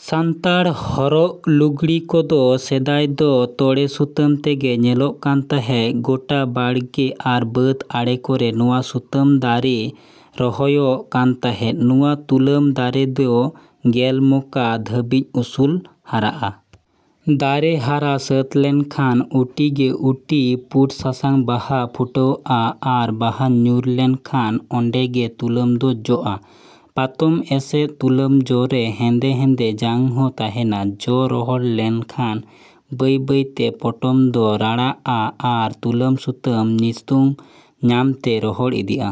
ᱥᱟᱱᱛᱟᱲ ᱦᱚᱨᱚᱜ ᱞᱩᱜᱽᱲᱤ ᱠᱚ ᱫᱚ ᱥᱮᱫᱟᱭ ᱫᱚ ᱛᱚᱲᱮ ᱥᱩᱛᱟᱹᱢ ᱛᱮᱜᱮ ᱛᱮᱧᱚᱜ ᱠᱟᱱ ᱛᱟᱦᱮᱸᱫ᱾ ᱜᱳᱰᱟ ᱵᱟᱲᱜᱮ ᱟᱨ ᱵᱟᱹᱫᱽ ᱟᱲᱮ ᱠᱚᱨᱮ ᱱᱚᱣᱟ ᱥᱩᱛᱟᱹᱢ ᱫᱟᱨᱮ ᱨᱚᱦᱚᱭᱚᱜ ᱠᱟᱱ ᱛᱟᱦᱮᱸᱫ᱾ ᱱᱚᱣᱟ ᱛᱩᱞᱟᱹᱢ ᱫᱟᱨᱮ ᱫᱚ ᱜᱮᱞ ᱢᱚᱠᱟ ᱫᱷᱟᱹᱵᱤᱡ ᱩᱥᱩᱞ ᱦᱟᱨᱟᱜᱼᱟ᱾ ᱫᱟᱨᱮ ᱦᱟᱨᱟ ᱥᱟᱹᱛ ᱞᱮᱱ ᱠᱷᱟᱱ ᱩᱴᱤ ᱠᱮ ᱩᱴᱤ ᱯᱩᱸᱰ ᱥᱟᱥᱟᱝ ᱵᱟᱦᱟ ᱯᱷᱩᱴᱟᱹᱣᱜᱼᱟ ᱟᱨ ᱵᱟᱦᱟ ᱧᱩᱨ ᱞᱮᱱ ᱠᱷᱟᱱ ᱚᱱᱰᱮ ᱜᱮ ᱛᱩᱞᱟᱹᱢ ᱫᱚ ᱡᱚᱜᱼᱟ᱾ ᱯᱟᱛᱚᱢ ᱮᱥᱮᱫ ᱛᱩᱞᱟᱹᱢ ᱡᱚ ᱨᱮ ᱦᱮᱱᱫᱮ ᱦᱮᱱᱫᱮ ᱡᱟᱝ ᱦᱚ ᱛᱟᱦᱮᱱᱟ᱾ ᱡᱚ ᱨᱚᱦᱚᱲ ᱞᱮᱱ ᱠᱷᱟᱱ ᱵᱟᱹᱭ ᱵᱟᱹᱭ ᱛᱮ ᱯᱚᱴᱚᱢ ᱫᱚ ᱨᱟᱲᱟᱜ ᱼᱟ ᱟᱨ ᱛᱩᱞᱟᱹᱢ ᱥᱩᱛᱟᱹᱢ ᱥᱤᱛᱩᱝ ᱧᱟᱢ ᱛᱮ ᱨᱚᱦᱚᱲ ᱤᱫᱤᱜᱼᱟ᱾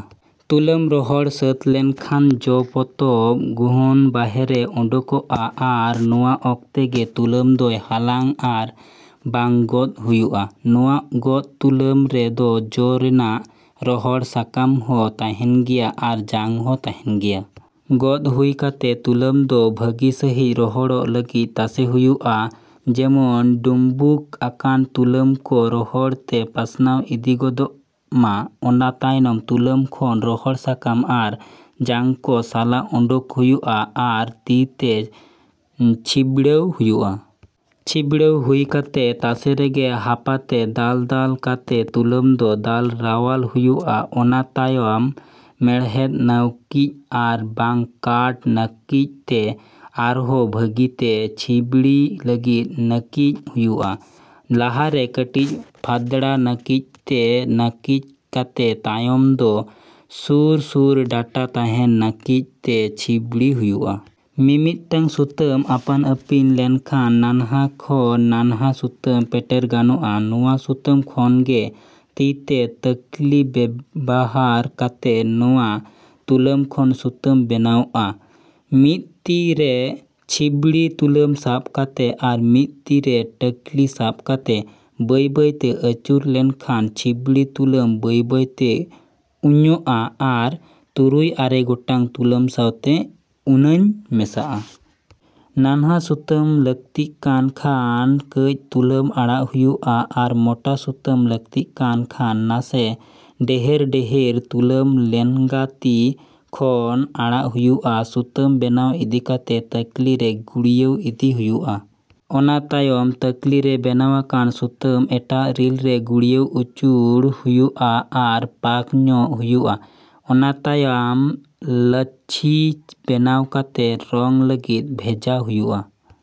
ᱛᱩᱞᱟᱹᱢ ᱨᱚᱦᱚᱲ ᱥᱟᱹᱛ ᱞᱮᱱ ᱠᱷᱟᱱ ᱡᱚ ᱯᱚᱛᱚᱢ ᱜᱷᱳᱱ ᱵᱟᱦᱨᱮ ᱚᱰᱚᱠᱚᱜᱼᱟ ᱟᱨ ᱱᱚᱣᱟ ᱚᱠᱛᱚ ᱜᱮ ᱛᱩᱞᱟᱹᱢ ᱫᱚᱭ ᱦᱟᱞᱟᱝ ᱟᱨ ᱵᱟᱝ ᱜᱚᱫ ᱦᱩᱭᱩᱜᱼᱟ᱾ ᱱᱚᱣᱟ ᱜᱚᱫ ᱛᱩᱞᱟᱹᱢ ᱨᱮ ᱫᱚ ᱡᱚ ᱨᱮᱱᱟᱜ ᱨᱚᱦᱚᱲ ᱥᱟᱠᱟᱢ ᱦᱚᱸ ᱛᱟᱦᱮᱱ ᱜᱮᱭᱟ ᱟᱨ ᱡᱟᱝ ᱦᱚᱸ ᱛᱟᱦᱮᱱ ᱜᱮᱭᱟ᱾ ᱜᱚᱫ ᱦᱩᱭ ᱠᱟᱛᱮ ᱛᱩᱞᱟᱹᱢ ᱫᱚ ᱵᱷᱟᱹᱜᱤ ᱥᱟᱦᱤᱸᱡ ᱨᱚᱦᱚᱲᱚᱜ ᱞᱟᱹᱜᱤᱫ ᱛᱟᱥᱮ ᱦᱩᱭᱩᱜᱼᱟ᱾ ᱡᱮᱢᱚᱱ ᱰᱩᱢᱵᱩᱜ ᱟᱠᱟᱱ ᱛᱩᱞᱟᱹᱢ ᱠᱚ ᱨᱚᱦᱚᱲ ᱛᱮ ᱯᱟᱥᱱᱟᱣ ᱤᱫᱤ ᱜᱚᱫᱚᱜ ᱢᱟ᱾ ᱚᱱᱟ ᱛᱟᱭᱟᱢ ᱛᱩᱞᱟᱹᱢ ᱠᱷᱚᱱ ᱨᱚᱦᱚᱲ ᱥᱟᱠᱟᱢ ᱟᱨ ᱡᱟᱝ ᱠᱚ ᱥᱟᱞᱟ ᱚᱰᱚᱠ ᱦᱩᱭᱩᱜᱼᱟ ᱟᱨ ᱛᱤ ᱛᱮ ᱪᱷᱤᱸᱵᱲᱟᱹᱣ ᱦᱩᱭᱩᱜᱼᱟ᱾ ᱪᱷᱤᱸᱵᱽᱲᱟᱹᱣ ᱦᱩᱭ ᱠᱟᱛᱮ ᱛᱟᱥᱮ ᱨᱮᱜᱮ ᱦᱟᱯᱟ ᱛᱮ ᱫᱟᱞ ᱫᱟᱞ ᱠᱟᱛᱮ ᱛᱩᱞᱟᱹᱢ ᱫᱚ ᱫᱟᱞ ᱨᱟᱣᱟᱞ ᱦᱩᱭᱩᱜᱼᱟ᱾ ᱚᱱᱟ ᱛᱟᱭᱟᱢ ᱢᱮᱬᱦᱮᱫ ᱱᱟᱹᱠᱤᱡ ᱟᱨ ᱵᱟᱝ ᱠᱟᱴᱷ ᱱᱟᱹᱠᱤᱡ ᱛᱮ ᱟᱨ ᱦᱚᱸ ᱵᱷᱟᱹᱜᱤ ᱛᱮ ᱪᱷᱤᱢᱵᱲᱤ ᱞᱟᱹᱜᱤᱫ ᱱᱟᱹᱠᱤᱡ ᱦᱩᱭᱩᱜᱼᱟ᱾ ᱞᱟᱦᱟ ᱨᱮ ᱠᱟᱹᱴᱤᱡ ᱯᱷᱟᱸᱫᱽᱲᱟ ᱱᱟᱹᱠᱤᱡ ᱛᱮ ᱱᱟᱹᱠᱤᱡ ᱠᱟᱛᱮ ᱛᱟᱭᱟᱢ ᱫᱚ ᱥᱩᱨ ᱥᱩᱨ ᱰᱟᱴᱟ ᱛᱟᱦᱮᱱ ᱱᱟᱹᱠᱤᱡ ᱛᱮ ᱪᱷᱤᱸᱵᱽᱲᱤ ᱦᱩᱭᱩᱜᱼᱟ᱾ ᱢᱤᱢᱤᱫ ᱴᱟᱝ ᱥᱩᱛᱟᱹᱢ ᱟᱯᱟᱱ ᱟᱹᱯᱤᱱ ᱞᱮᱱ ᱠᱷᱟᱱ ᱱᱟᱱᱦᱟ ᱠᱷᱚᱱ ᱱᱟᱱᱦᱟ ᱥᱩᱛᱟᱹᱢ ᱯᱮᱴᱮᱨ ᱜᱟᱱᱚᱜᱼᱟ᱾ ᱱᱚᱣᱟ ᱥᱩᱛᱟᱹᱢ ᱠᱷᱚᱱ ᱜᱮ ᱛᱤ ᱛᱮ ᱛᱟᱹᱠᱞᱤ ᱵᱮᱵᱷᱟᱨ ᱠᱟᱛᱮ ᱱᱚᱣᱟ ᱛᱩᱞᱟᱹᱢ ᱠᱷᱚᱱ ᱥᱩᱛᱟᱹᱢ ᱵᱮᱱᱟᱣᱚᱜᱼᱟ᱾ ᱢᱤᱫ ᱛᱤ ᱨᱮ ᱪᱷᱤᱸᱢᱵᱲᱤ ᱛᱩᱞᱟᱹᱢ ᱥᱟᱵ ᱠᱟᱛᱮ ᱟᱨ ᱢᱤᱫ ᱛᱤ ᱨᱮ ᱴᱟᱠᱞᱤ ᱥᱟᱵ ᱠᱟᱛᱮ ᱵᱟᱹᱭ ᱵᱟᱹᱭ ᱛᱮ ᱟᱹᱪᱩᱨ ᱞᱮᱠᱷᱟᱱ ᱪᱷᱤᱸᱢᱵᱲᱤ ᱛᱩᱞᱟᱹᱢ ᱵᱟᱹᱭ ᱵᱟᱹᱭ ᱛᱮ ᱩᱧᱩᱜᱼᱟ ᱟᱨ ᱛᱩᱨᱩᱭ ᱟᱨᱮ ᱜᱚᱴᱟᱝ ᱛᱩᱞᱟᱢ ᱥᱟᱶᱛᱮ ᱩᱱᱟᱧ ᱢᱮᱥᱟᱜᱼᱟ᱾ ᱱᱟᱱᱦᱟ ᱥᱩᱛᱟᱢ ᱞᱟᱹᱠᱛᱤᱜ ᱠᱟᱱ ᱠᱷᱟᱱ ᱠᱟᱹᱡ ᱛᱩᱞᱟᱹᱢ ᱟᱲᱟᱜ ᱦᱩᱭᱩᱜᱼᱟ ᱟᱨ ᱢᱚᱴᱟ ᱥᱩᱛᱟᱹᱢ ᱞᱟᱹᱠᱛᱤᱜ ᱠᱟᱱ ᱠᱷᱟᱱ ᱱᱟᱥᱮ ᱰᱮᱦᱮᱨ ᱰᱮᱦᱮᱨ ᱛᱩᱞᱟᱹᱢ ᱞᱮᱱᱜᱟ ᱛᱤ ᱠᱷᱚᱱ ᱟᱲᱟᱜ ᱦᱩᱭᱩᱜᱼᱟ᱾ ᱥᱩᱛᱟᱹᱢ ᱵᱮᱱᱟᱣ ᱤᱫᱤ ᱠᱟᱛᱮ ᱛᱟᱹᱠᱞᱤ ᱨᱮ ᱜᱩᱲᱤᱭᱟᱹᱣ ᱤᱫᱤ ᱦᱩᱭᱩᱜᱼᱟ᱾ ᱚᱱᱟ ᱛᱟᱭᱚᱢ ᱛᱟᱠᱞᱤ ᱨᱮ ᱵᱮᱱᱟᱣ ᱟᱠᱟᱱ ᱥᱩᱛᱟᱹᱢ ᱮᱴᱟᱜ ᱨᱤᱞ ᱨᱮ ᱜᱩᱲᱤᱭᱟᱹᱣ ᱩᱪᱟᱹᱲ ᱦᱩᱭᱩᱜᱼᱟ ᱟᱨ ᱯᱟᱸᱠ ᱧᱚᱜ ᱦᱩᱭᱩᱜᱼᱟ᱾ ᱚᱱᱟ ᱛᱟᱭᱟᱢ ᱞᱟᱹᱪᱷᱤ ᱵᱮᱱᱟᱣ ᱠᱟᱛᱮ ᱨᱚᱝ ᱞᱟᱹᱜᱤᱫ ᱵᱷᱮᱡᱟ ᱦᱩᱭᱩᱜᱼᱟ᱾।